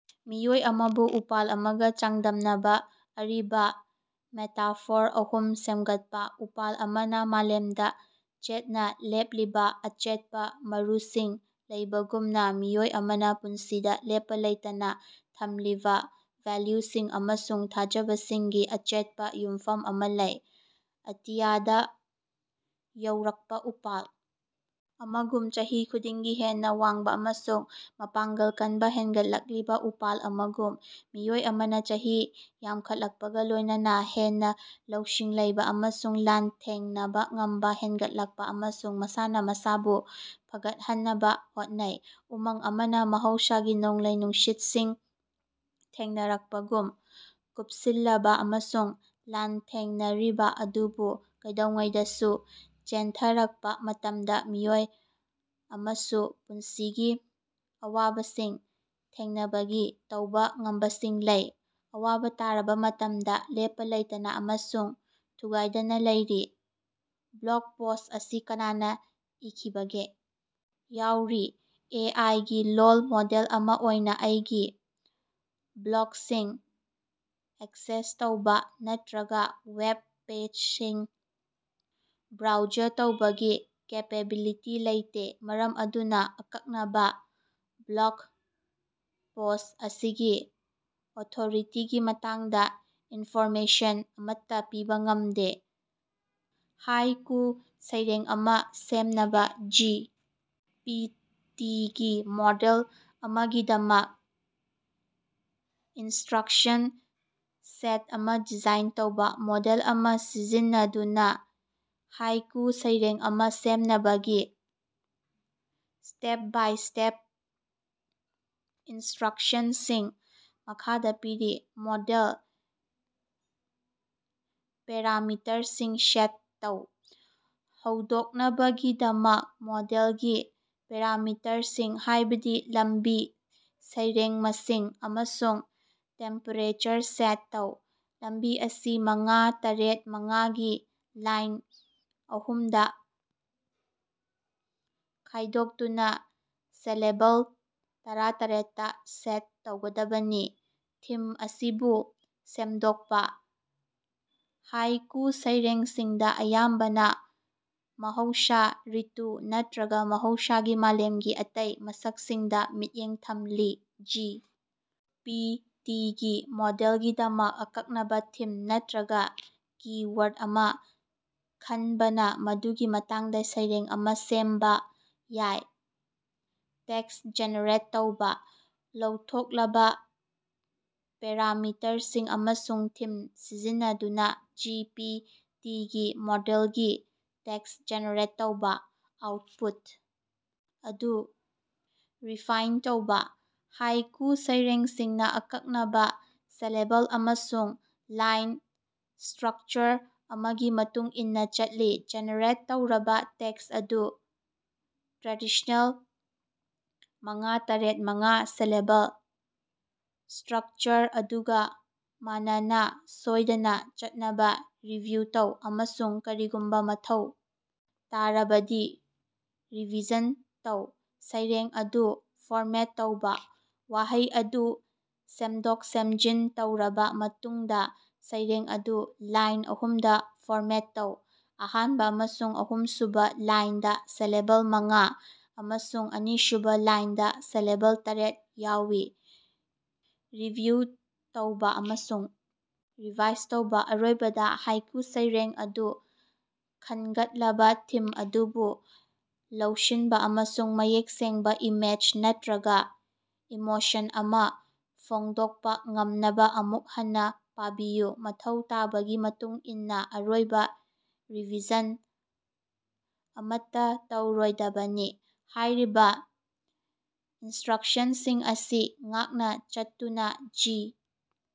ꯃꯤꯑꯣꯏ ꯑꯃꯕꯨ ꯎꯄꯥꯜ ꯑꯃꯒ ꯆꯥꯡꯗꯝꯅꯕ ꯑꯔꯤꯕ ꯃꯦꯇꯥꯐꯣꯔ ꯑꯍꯨꯝ ꯁꯦꯝꯒꯠꯄ꯫ ꯎꯄꯥꯜ ꯑꯃꯅ ꯃꯥꯂꯦꯝꯗ ꯆꯦꯠꯅ ꯂꯦꯞꯂꯤꯕ ꯑꯆꯦꯠꯄ ꯃꯔꯨꯁꯤꯡ ꯂꯩꯕꯒꯨꯝꯅꯥ, ꯃꯤꯑꯣꯏ ꯑꯃꯅꯥ ꯄꯨꯟꯁꯤꯗꯥ ꯂꯦꯞꯄ ꯂꯩꯇꯅ ꯊꯝꯂꯤꯕ ꯚꯦꯜꯌꯨꯁꯤꯡ ꯑꯃꯁꯨꯡ ꯊꯥꯖꯕꯁꯤꯡꯒꯤ ꯑꯆꯦꯠꯄ ꯌꯨꯝꯐꯝ ꯑꯃ ꯂꯩ꯫ ꯑꯇꯤꯌꯥꯗ ꯌꯧꯔꯛꯄ ꯎꯄꯥꯜ ꯑꯃꯒꯨꯝ, ꯆꯍꯤ ꯈꯨꯗꯤꯡꯒꯤ ꯍꯦꯟꯅ ꯋꯥꯡꯕ ꯑꯃꯁꯨꯡ ꯃꯄꯥꯡꯒꯜ ꯀꯟꯕꯥ ꯍꯦꯟꯒꯠꯂꯛꯂꯤꯕ ꯎꯄꯥꯜ ꯑꯃꯒꯨꯝ, ꯃꯤꯑꯣꯏ ꯑꯃꯅ ꯆꯍꯤ ꯌꯝꯈꯠꯂꯛꯄꯒ ꯂꯣꯏꯅꯅꯥ ꯍꯦꯟꯅ ꯂꯧꯁꯤꯡ ꯂꯩꯕ ꯑꯃꯁꯨꯡ ꯂꯥꯟꯊꯦꯡꯅꯕ ꯉꯝꯕ ꯍꯦꯟꯒꯠꯂꯛꯄ ꯑꯃꯁꯨꯡ ꯃꯁꯥꯅ ꯃꯁꯥꯕꯨ ꯐꯒꯠꯍꯟꯅꯕ ꯍꯣꯠꯅꯩ꯫ ꯎꯃꯪ ꯑꯃꯅꯥ ꯃꯍꯧꯁꯥꯒꯤ ꯅꯣꯡꯂꯩ-ꯅꯨꯡꯁꯤꯠꯁꯤꯡ ꯊꯦꯡꯅꯔꯛꯄꯒꯨꯝ, ꯀꯨꯞꯁꯤꯜꯂꯕ ꯑꯃꯁꯨꯡ ꯂꯥꯟꯊꯦꯡꯅꯔꯤꯕ ꯑꯗꯨꯕꯨ ꯀꯩꯗꯧꯉꯩꯗꯁꯨ ꯆꯦꯟꯊꯔꯛꯄ ꯃꯇꯝꯗꯥ ꯃꯤꯑꯣꯏ ꯑꯃꯁꯨ ꯄꯨꯟꯁꯤꯒꯤ ꯑꯋꯥꯕꯁꯤꯡ ꯊꯦꯡꯅꯕꯒꯤ ꯇꯧꯕꯥ ꯉꯝꯕꯁꯤꯡ ꯂꯩ, ꯑꯋꯥꯕ ꯇꯥꯔꯕ ꯃꯇꯝꯗ ꯂꯦꯞꯄ ꯂꯩꯇꯅ ꯑꯃꯁꯨꯡ ꯊꯨꯒꯥꯏꯗꯅ ꯂꯩꯔꯤ꯫ ꯕ꯭ꯂꯣꯒ ꯄꯣꯁ꯭ꯠ ꯑꯁꯤ ꯀꯅꯥꯅ ꯏꯈꯤꯕꯒꯦ? ꯌꯥꯎꯔꯤ꯫ ꯑꯦ. ꯑꯥꯏ. ꯒꯤ ꯂꯣꯜ ꯃꯣꯗꯦꯜ ꯑꯃ ꯑꯣꯏꯅ ꯑꯩꯒꯤ ꯕ꯭ꯂꯣꯒꯁꯤꯡ ꯑꯦꯛꯁꯦꯁ ꯇꯧꯕ ꯅꯠꯔꯒ ꯋꯦꯕ ꯄꯦꯖꯁꯤꯡ ꯕ꯭ꯔꯣꯎꯖ ꯇꯧꯕꯒꯤ ꯀꯦꯄꯦꯕꯤꯂꯤꯇꯤ ꯂꯩꯇꯦ, ꯃꯔꯝ ꯑꯗꯨꯅ ꯑꯀꯛꯅꯕ ꯕ꯭ꯂꯣꯒ ꯄꯣꯁ꯭ꯠ ꯑꯁꯤꯒꯤ ꯑꯣꯊꯣꯔꯤꯇꯤꯒꯤ ꯃꯇꯥꯡꯗ ꯏꯅꯐꯣꯔꯃꯦꯁꯟ ꯑꯃꯠꯇ ꯄꯤꯕ ꯉꯃꯗꯦ꯫ ꯍꯥꯏꯀꯨ ꯁꯩꯔꯦꯡ ꯑꯃ ꯁꯦꯝꯅꯕ ꯖꯤ. ꯄꯤ. ꯇꯤ. ꯒꯤ ꯃꯣꯗꯦꯜ ꯑꯃꯒꯤꯗꯃꯛ ꯏꯟꯁꯠꯔꯛꯁꯟ ꯁꯦꯠ ꯑꯃ ꯗꯤꯖꯥꯏꯟ ꯇꯧꯕ꯫ ꯃꯣꯗꯦꯜ ꯑꯃ ꯁꯤꯖꯤꯟꯅꯗꯨꯅ ꯍꯥꯏꯀꯨ ꯁꯩꯔꯦꯡ ꯑꯃ ꯁꯦꯝꯅꯕꯒꯤ ꯁ꯭ꯇꯦꯞ-ꯕꯥꯏ-ꯁ꯭ꯇꯦꯞ ꯏꯅꯁ꯭ꯠꯔꯛꯁꯟꯁꯤꯡ ꯃꯈꯥꯗ ꯄꯤꯔꯤ: ꯃꯣꯗꯦꯜ ꯄꯦꯔꯥꯃꯤꯇꯔꯁꯤꯡ ꯁꯦꯠ ꯇꯧ: ꯍꯧꯗꯣꯛꯅꯕꯒꯤꯗꯃꯛ, ꯃꯣꯗꯦꯜꯒꯤ ꯄꯦꯔꯥꯃꯤꯇꯔꯁꯤꯡ ꯍꯥꯏꯕꯗꯤ ꯂꯝꯕꯤ, ꯁꯩꯔꯦꯡ ꯃꯁꯤꯡ, ꯑꯃꯁꯨꯡ ꯇꯦꯝꯄꯦꯔꯦꯆꯔ ꯁꯦꯠ ꯇꯧ꯫ ꯂꯝꯕꯤ ꯑꯁꯤ ꯃꯉꯥ- ꯇꯔ‌ꯦꯠ- ꯃꯉꯥ ꯒꯤ ꯂꯥꯏꯟ ꯑꯍꯨꯝꯗꯥ ꯈꯥꯏꯗꯣꯛꯇꯨꯅ ꯁꯤꯂꯦꯕꯜ ꯇꯔꯥꯇꯔ‌ꯦꯠ ꯇꯥ ꯁꯦꯠ ꯇꯧꯒꯗꯕꯅꯤ꯫ ꯊꯤꯝ ꯑꯁꯤꯕꯨ ꯁꯦꯝꯗꯣꯛꯄ: ꯍꯥꯏꯀꯨ ꯁꯩꯔꯦꯡꯁꯤꯡꯗ ꯑꯌꯥꯝꯕꯅ ꯃꯍꯧꯁ, ꯔꯤꯇꯨ ꯅꯠꯇꯔꯒ ꯃꯍꯧꯁꯥꯒꯤ ꯃꯥꯂꯦꯝꯒꯤ ꯑꯇꯩ ꯃꯁꯛꯁꯤꯡꯗ ꯃꯤꯠꯌꯦꯡ ꯊꯝꯂꯤ꯫ ꯖꯤ. ꯄꯤ. ꯇꯤ. ꯒꯤ ꯃꯣꯗꯦꯜꯒꯤꯗꯃꯛ ꯑꯀꯛꯅꯕꯥ ꯊꯤꯝ ꯅꯠꯇꯔꯒ ꯀꯤ-ꯋꯥꯔꯗ ꯑꯃ ꯈꯟꯕꯅ ꯃꯗꯨꯒꯤ ꯃꯇꯥꯡꯗ ꯁꯩꯔꯦꯡ ꯑꯃ ꯁꯦꯝꯕꯥ ꯌꯥꯏ꯫ ꯇꯦꯛꯁ ꯖꯦꯅꯦꯔꯦꯠ ꯇꯧꯕꯥ: ꯂꯧꯊꯣꯛꯂꯕ ꯄꯦꯔꯥꯃꯤꯇꯔꯁꯤꯡ ꯑꯃꯁꯨꯡ ꯊꯤꯝ ꯁꯤꯖꯤꯟꯅꯗꯨꯅ ꯖꯤ. ꯄꯤ. ꯇꯤ. ꯒꯤ ꯃꯣꯗꯦꯜꯗꯒꯤ ꯇꯦꯛꯁ ꯖꯦꯅꯦꯔꯦꯠ ꯇꯧꯕ꯫ ꯑꯥꯎꯠꯄꯨꯠ ꯑꯗꯨ ꯔꯤꯐꯥꯏꯟꯅ ꯇꯧꯕꯥ: ꯍꯥꯏꯀꯨ ꯁꯩꯔꯦꯡꯁꯤꯡꯅꯥ ꯑꯀꯛꯅꯕꯥ ꯁꯤꯂꯦꯕꯜ ꯑꯃꯁꯨꯡ ꯂꯥꯏꯟ ꯁ꯭ꯇꯔꯛꯆꯔ ꯑꯃꯒꯤ ꯃꯇꯨꯡ ꯏꯟꯅ ꯆꯠꯂꯤ꯫ ꯖꯦꯅꯦꯔꯦꯠ ꯇꯧꯔꯕ ꯇꯦꯛꯁ ꯑꯗꯨ ꯇ꯭ꯔꯦꯗꯤꯁꯅꯦꯜ ꯃꯉꯥ- ꯇꯔ‌ꯦꯠ- ꯃꯉꯥ ꯁꯤꯂꯦꯕꯜ ꯁ꯭ꯇꯔꯛꯆꯔ ꯑꯗꯨꯒ ꯃꯟꯅꯅꯥ ꯁꯣꯏꯗꯅ ꯆꯠꯅꯕꯥ ꯔꯤꯚꯤꯌꯨ ꯇꯧ, ꯑꯃꯁꯨꯡ ꯀꯔꯤꯒꯨꯝꯕ ꯃꯊꯧ ꯇꯥꯔꯕꯗꯤ ꯔꯤꯚꯤꯖꯟ ꯇꯧ꯫ ꯁꯩꯔꯦꯡ ꯑꯗꯨ ꯐꯣꯔꯃꯦꯠ ꯇꯧꯕꯥ: ꯋꯥꯍꯩ ꯑꯗꯨ ꯁꯦꯝꯗꯣꯛ-ꯁꯦꯝꯖꯤꯟ ꯇꯧꯔꯕ ꯃꯇꯨꯡꯗ ꯁꯩꯔꯦꯡ ꯑꯗꯨ ꯂꯥꯏꯟ ꯑꯍꯨꯝꯗ ꯐꯣꯔꯃꯦꯠ ꯇꯧ, ꯑꯍꯥꯟꯕ ꯑꯃꯁꯨꯡ ꯑꯍꯨꯝꯁꯨꯕ ꯂꯥꯏꯟꯗ ꯁꯤꯂꯦꯕꯜ ꯃꯉꯥ ꯑꯃꯁꯨꯡ ꯑꯅꯤꯁꯨꯕ ꯂꯥꯏꯟꯗ ꯁꯤꯂꯦꯕꯜ ꯇꯔ‌ꯦꯠ ꯌꯥꯎꯏ꯫ ꯔꯤꯚꯤꯌꯨ ꯇꯧꯕ ꯑꯃꯁꯨꯡ ꯔꯤꯚꯥꯏꯁ ꯇꯧꯕ: ꯑꯔꯣꯏꯕ ꯍꯥꯏꯀꯨ ꯁꯩꯔꯦꯡ ꯑꯗꯨ ꯈꯟꯒꯠꯂꯕ ꯊꯤꯝ ꯑꯗꯨꯕꯨ ꯂꯧꯁꯤꯟꯕ ꯑꯃꯁꯨꯡ ꯃꯌꯦꯛ ꯁꯦꯡꯕꯥ ꯏꯃꯦꯖ ꯅꯠꯇꯔꯒ ꯏꯃꯣꯁꯟ ꯑꯃ ꯐꯣꯡꯗꯣꯛꯄ ꯉꯝꯅꯕ ꯑꯃꯨꯛ ꯍꯟꯅ ꯄꯥꯕꯤꯌꯨ꯫ ꯃꯊꯧ ꯇꯥꯕꯒꯤ ꯃꯇꯨꯡ ꯏꯟꯅ ꯑꯔꯣꯏꯕ ꯔꯤꯚꯤꯖꯟ ꯑꯃꯠꯇ ꯇꯧꯔꯣꯏꯗꯕꯅꯤ꯫ ꯍꯥꯏꯔꯤꯕ ꯏꯅꯁ꯭ꯠꯔꯛꯁꯟꯁꯤꯡ ꯑꯁꯤ ꯉꯥꯛꯅ ꯆꯠꯇꯨꯅ ꯖꯤ꯫